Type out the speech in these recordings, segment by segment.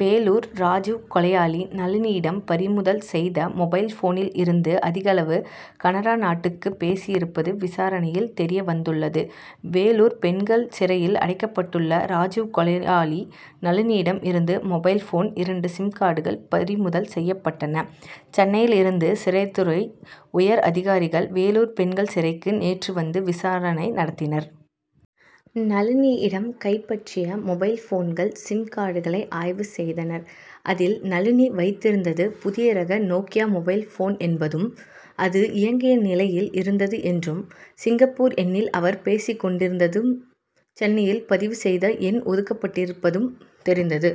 வேலூர் ராஜிவ் கொலையாளி நளினியிடம் பறிமுதல் செய்த மொபைல் போனில் இருந்து அதிகளவு கனடா நாட்டுக்கு பேசியிருப்பது விசாரணையில் தெரிய வந்துள்ளது. வேலூர் பெண்கள் சிறையில் அடைக்கப்பட்டுள்ள ராஜிவ் கொலையாளி நளினியிடம் இருந்து மொபைல் போன் இரண்டு சிம்கார்டுகள் பறிமுதல் செய்யப்பட்டன. சென்னையில் இருந்து சிறைத்துறை உயர் அதிகாரிகள் வேலூர் பெண்கள் சிறைக்கு நேற்று வந்து விசாரணை நடத்தினர். நளினியிடம் கைப்பற்றிய மொபைல் போன்கள் சிம் கார்டுகளை ஆய்வு செய்தனர். அதில் நளினி வைத்திருந்தது புதிய ரக நோக்கியோ மொபைல் போன் என்பதும் அது இயங்கிய நிலையில் இருந்தது என்றும் சிங்கப்பூர் எண்ணில் அவர் பேசிக் கொண்டிருந்ததும் சென்னையில் பதிவு செய்த எண் ஒதுக்கப்பட்டிருப்பதும் தெரிந்தது.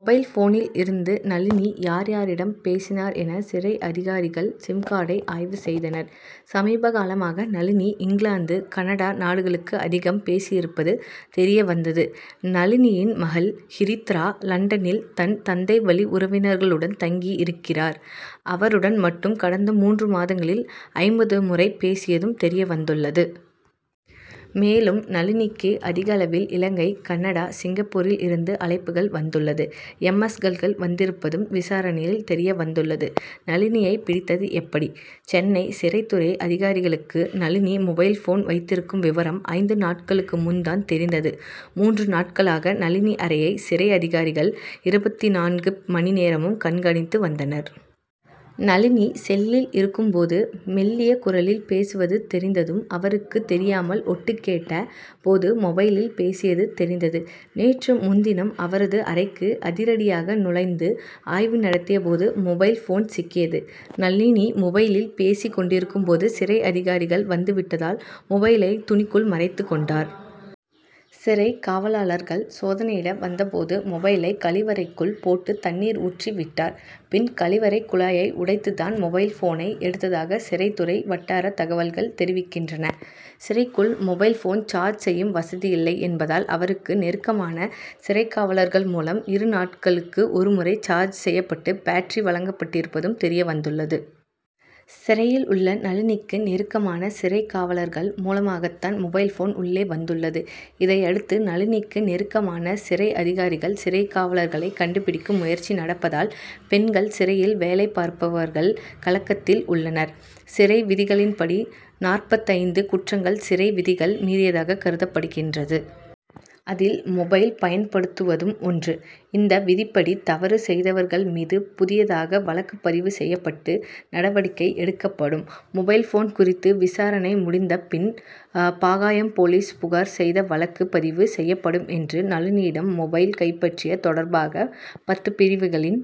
மொபைல் போனில் இருந்து நளினி யார் யாரிடம் பேசினார் என சிறை அதிகாரிகள் சிம்கார்டை ஆய்வு செய்தனர். சமீபகாலமாக நளினி இங்கிலாந்து கனடா நாடுகளுக்கு அதிகம் பேசியிருப்பது தெரிய வந்தது. நளினியின் மகள் ஹரித்திரா லண்டனில் தன் தந்தைவழி உறவினர்களுடன் தங்கி இருக்கிறார். அவருடன் மட்டும் கடந்த மூன்று மாதங்களில் ஐம்பது முறை பேசியதும் தெரிய வந்துள்ளது. மேலும் நளினிக்கு அதிகளவில் இலங்கை கனடா சிங்கப்பூரில் இருந்து அழைப்புகள் வந்துள்ளது. எம். எஸ்.கள் வந்திருப்பதும் விசாரணையில் தெரிய வந்துள்ளது. நளினியை பிடித்தது எப்படி? சென்னை சிறைத்துறை அதிகாரிகளுக்கு நளினி மொபைல் போன் வைத்திருக்கும் விவரம் ஐந்து நாட்களுக்கு முன் தான் தெரிந்தது. மூன்று நாட்களாக நளினி அறையை சிறை அதிகாரிகள் இருபத்திநான்கு மணி நேரமும் கண்காணித்து வந்தனர். நளினி செல்லில் இருக்கும் போது மெல்லிய குரலில் பேசுவது தெரிந்ததும் அவருக்கு தெரியாமல் ஒட்டுக்கேட்ட போது மொபைலில் பேசியது தெரிந்தது. நேற்று முன்தினம் அவரது அறைக்கு அதிரடியாக நுழைந்து ஆய்வு நடத்திய போது மொபைல் போன் சிக்கியது. நளினி மொபைலில் பேசிக் கொண்டிருக்கும் போது சிறை அதிகாரிகள் வந்து விட்டதால் மொபைலை துணிக்குள் மறைத்துக் கொண்டார். சிறைக் காவலாலர்கள் சோதனையிட வந்த போது மொபைலை கழிவறைக்குள் போட்டு தண்ணீர் ஊற்றி விட்டார். பின் கழிவறை குழாயை உடைத்து தான் மொபைல் போனை எடுத்ததாக சிறைத்துறை வட்டார தகவல்கள் தெரிவிக்கின்றன. சிறைக்குள் மொபைல் போன் சார்ஜ் செய்யும் வசதி இல்லை என்பதால் அவருக்கு நெருக்கமான சிறைக்காவலர்கள் மூலம் இரு நாட்களுக்கு ஒரு முறை சார்ஜ் செய்யப்பட்ட பேட்டரி வழங்கப்பட்டிருப்பதும் தெரிய வந்துள்ளது. சிறையில் உள்ள நளினிக்கு நெருக்கமான சிறைக் காவலர்கள் மூலமாகத்தான் மொபைல் போன் உள்ளே வந்துள்ளது. இதையடுத்து நளினிக்கு நெருக்கமான சிறை அதிகாரிகள் சிறைக் காவலர்களை கண்டுபிடிக்கும் முயற்சி நடப்பதால் பெண்கள் சிறையில் வேலை பார்ப்பவர்கள் கலக்கத்தில் உள்ளனர். சிறை விதிகளின்படி நாற்பத்தைந்து குற்றங்கள் சிறை விதிகள் மீறியதாக கருதப்படுகின்றது. அதில் மொபைல் பயன்படுத்துவதும் ஒன்று. இந்த விதிபடி தவறு செய்தவர்கள் மீது புதியதாக வழக்கு பதிவு செய்யப்பட்டு நடவடிக்கை எடுக்கப்படும். மொபைல் போன் குறித்து விசாரணை முடிந்த பின் பாகாயம் போலீசில் புகார் செய்து வழக்கு பதிவு செய்யப்படும் என்றும் நளினியிடம் மொபைல் கைப்பற்றியது தொடர்பாக பத்து பிரிவுகளின்